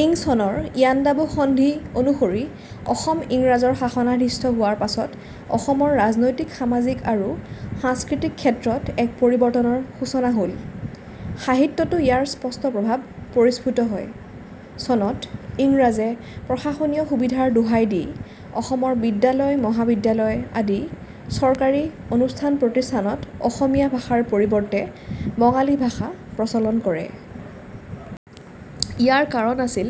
ইং চনৰ ইয়াণ্ডাবু সন্ধি অনুসৰি অসম ইংৰাজৰ শাসনাধীস্থ হোৱাৰ পাছত অসমৰ ৰাজনৈতিক সামাজিক আৰু সাংস্কৃতিক ক্ষেত্ৰত এক পৰিবৰ্তনৰ সূচনা হ'ল। সাহিত্যতো ইয়াৰ স্পষ্ট প্ৰভাৱ পৰিস্ফুট হয়। চনত ইংৰাজে প্ৰশাসনীয় সুবিধাৰ দোহাই দি অসমৰ বিদ্যালয়-মহাবিদ্যালয় আদি চৰকাৰী অনুষ্ঠান-প্ৰতিষ্ঠানত অসমীয়া ভাষাৰ পৰিবৰ্তে বঙালী ভাষা প্ৰচলন কৰে। ইয়াৰ কাৰণ আছিল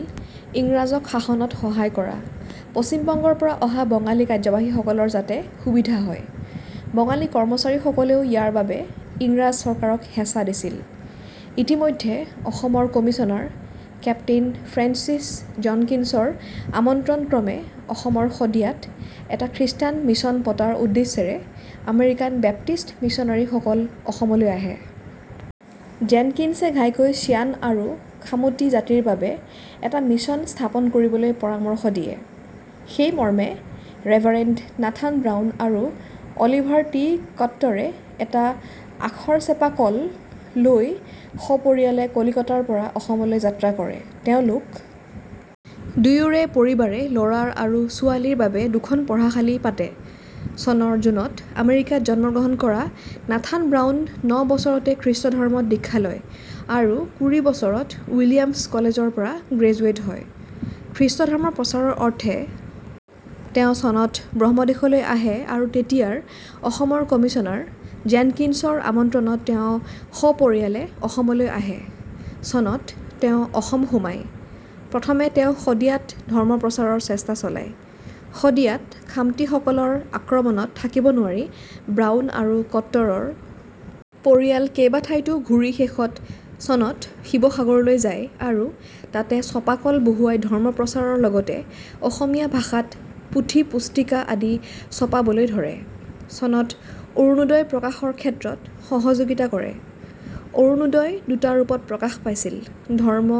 ইংৰাজক শাসনত সহায় কৰা, পশ্চিমবংগৰ পৰা অহা বঙালী কাৰ্যবাহীসকলৰ যাতে সুবিধা হয়। বঙালী কৰ্মচাৰীসকলেও ইয়াৰ বাবে ইংৰাজ চৰকাৰক হেঁচা দিছিল। ইতিমধ্যে অসমৰ কমিছনাৰ কেপ্তেইন ফ্ৰেন্সিছ জনকিন্সৰ আমন্ত্ৰণ ক্ৰমে অসমৰ শদিয়াত এটা খ্ৰীষ্টান মিছন পতাৰ উদ্দেশ্যেৰে আমেৰিকান বেপ্টিষ্ট মিছনেৰীসকল অসমলৈ আহে। জেনকিন্সে ঘাইকৈ শ্যান আৰু খামতি জাতিৰ বাবে এটি মিশ্যন স্থাপন কৰিবলৈ পৰামৰ্শ দিয়ে৷ সেইমৰ্মে, ৰেভাৰেণ্ড নাথান ব্ৰাউন আৰু অলিভাৰটি কট্টৰে এটা "আখৰ চেপা কল'' লৈ সপৰিয়ালে কলিকতাৰ পৰা অসমলৈ যাত্ৰা কৰে৷ তেওঁলোক দুয়োৰে পৰিবাৰে ল'ৰাৰ আৰু ছোৱালীৰ বাবে দুখন পঢ়াশালি পাতে৷ চনৰ জুনত আমেৰিকাত জন্মগ্ৰহণ কৰা নাথান ব্ৰাউন ন বছৰতে খ্ৰীষ্ট ধৰ্মত দীক্ষা লয় আৰু কুৰি বছৰত "উইলিয়ামচ্ কলেজ'ৰ পৰা গ্ৰেজুৱেট হয়৷ খ্ৰীষ্টধৰ্ম প্ৰচাৰৰ অৰ্থে তেওঁ চনত ব্ৰহ্মদেশলৈ আহে আৰু তেতিয়াৰ অসমৰ কমিচনাৰ জেনকিন্সৰ আমন্ত্ৰণত তেওঁ সপৰিয়ালে অসমলৈ আহে৷ চনত তেওঁ অসম সোমায়৷ প্ৰথমে তেওঁ শদিয়াত ধৰ্ম প্ৰচাৰৰ চেষ্টা চলায়৷ শদিয়াত খামতিসকলৰ আক্ৰমণত থাকিব নোৱাৰি ব্ৰাউন আৰু কট্টৰৰ পৰিয়াল কেইবাঠাইতো ঘূৰি শেষত চনত শিৱসাগৰলৈ যায় আৰু তাতে ছপাকল বহুৱাই ধৰ্মপ্ৰচাৰৰ লগতে অসমীয়া ভাষাত পুথি-পুস্তিকা আদি ছপাবলৈ ধৰে৷ চনত অৰুনোদই প্ৰকাশৰ ক্ষেত্ৰত সহযোগিতা কৰে৷ অৰুনোদই দুটা ৰূপত প্ৰকাশ পাইছিল৷ ধৰ্ম,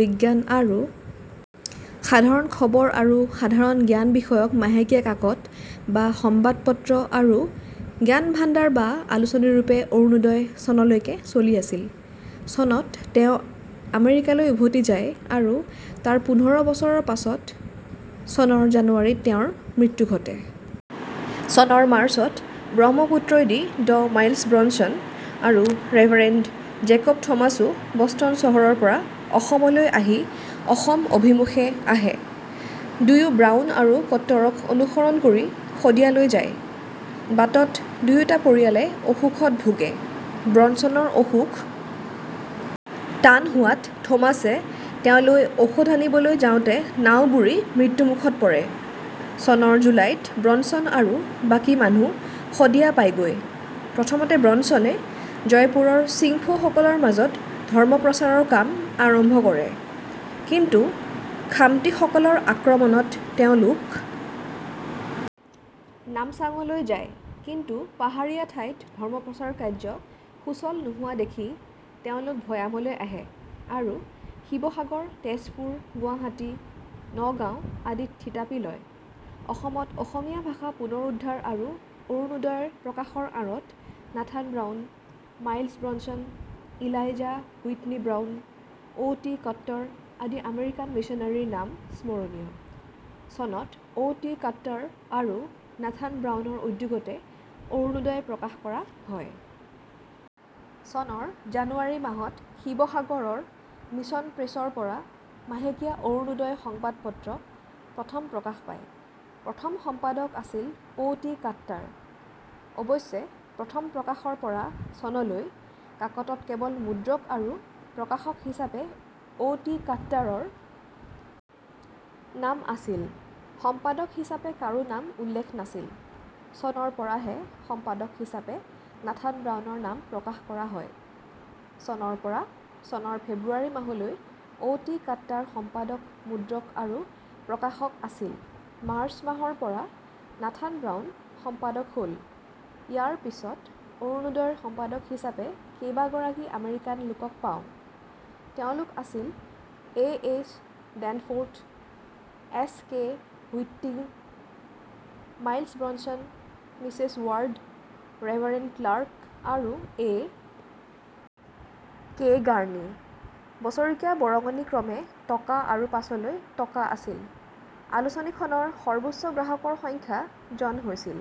বিজ্ঞান আৰু সাধাৰণ খবৰ আৰু সাধাৰণ জ্ঞান বিষয়ক মাহেকীয়া কাকত বা সম্বাদপত্ৰ আৰু জ্ঞান-ভাণ্ডাৰ বা আলোচনীৰূপে অৰুনোদই চনলৈকে চলি আছিল৷ চনত তেওঁ আমেৰিকালৈ উভতি যায় আৰু তাৰ পোন্ধৰ বছৰৰ পাছত চনৰ জানুৱাৰীত তেওঁৰ মৃত্যু ঘটে৷ চনৰ মাৰ্চত ব্ৰহ্মপুত্ৰইদি ড মাইলছ্ ব্ৰন্সন আৰু ৰেভাৰেণ্ড জেকব থমাছো বষ্টন চহৰৰ পৰা অসমলৈ আহি অসম অভিমুখে আহে৷ দুয়ো ব্ৰাউন আৰু কট্টৰক অনুসৰণ কৰি শদিয়ালৈ যায়৷ বাটত দুয়োটা পৰিয়ালে অসুখত ভোগে৷ ব্ৰনছনৰ অসুখ টান হোৱাত থমাছে তেওঁলৈ ঔষধ আনিবলৈ যাওঁতে নাও বুৰি মৃত্যুমুখত পৰে৷ চনৰ জুলাইত ব্ৰনছন আৰু বাকী মানুহ শদিয়া পায়গৈ৷ প্ৰথমতে ব্ৰনছনে জয়পুৰৰ চিংফৌ সকলৰ মাজত ধৰ্মপ্ৰচাৰৰ কাম আৰম্ভ কৰে৷ কিন্তু "খামতি''সকলৰ আক্ৰমণত তেওঁলোক নামচাঙলৈ যায়৷ কিন্তু পাহাৰীয়া ঠাইত ধৰ্মপ্ৰচাৰ কাৰ্য সুচল নোহোৱা দেখি তেওঁলোক ভৈয়ামলৈ আহে আৰু শিৱসাগৰ, তেজপুৰ, গুৱাহাটী, নগাঁও আদিত থিতাপি লয়৷ অসমত অসমীয়া ভাষা পুনৰুদ্ধাৰ আৰু অৰুনোদইৰ প্ৰকাশৰ আঁৰত Nathan Brown, Miles Bronson, Eliza Whitney Brown, O' T Cutter আদি আমেৰিকান মিশ্যনেৰীৰ নাম স্মৰণীয়৷ চনত ও, টি, কাট্টাৰ আৰু নাথান ব্ৰাউনৰ উদ্যোগতে 'অৰুনোদই' প্ৰকাশ কৰা হয়। চনৰ জানুৱাৰী মাহত শিৱসাগৰৰ মিছন প্ৰে'ছৰ পৰা মাহেকীয়া 'অৰুনোদই সংবাদ পত্ৰ' প্ৰথম প্ৰকাশ পায়। প্ৰথম সম্পাদক আছিল ও, টি কাট্টাৰ। অৱশ্যে প্ৰথম প্ৰকাশৰ পৰা চনলৈ কাকতত কেৱল মুদ্ৰক আৰু প্ৰকাশক হিচাপে ও, টি কাট্টাৰৰ নাম আছিল৷ সম্পাদক হিচাপে কাৰো নাম উল্লেখ নাছিল৷ চনৰ পৰাহে সম্পাদক হিচাপে নাথান ব্ৰাউনৰ নাম প্ৰকাশ কৰা হয়৷ চনৰ পৰা চনৰ ফেব্ৰুৱাৰী মাহলৈ ও, টি, কাট্টাৰ সম্পাদক, মুদ্ৰক আৰু প্ৰকাশক আছিল৷ মাৰ্চ মাহৰ পৰা নাথান ব্ৰাউন সম্পাদক হ'ল৷ ইয়াৰ পিছত অৰুনোদইৰ সম্পাদক হিচাপে কেইবাগৰাকী আমেৰিকান লোকক পাওঁ৷ তেওলোক আছিল, A, H, Danforth, S, K, Whiting, Miles Bronson, Mrs Ward, reverend Clark আৰু এ. কে. গাৰ্নি। বছৰেকীয়া বৰঙনি ক্ৰমে টকা আৰু পাছলৈ টকা আছিল। আলোচনীখনৰ সৰ্বোচ্চ গ্ৰাহকৰ সংখ্যা জন হৈছিল।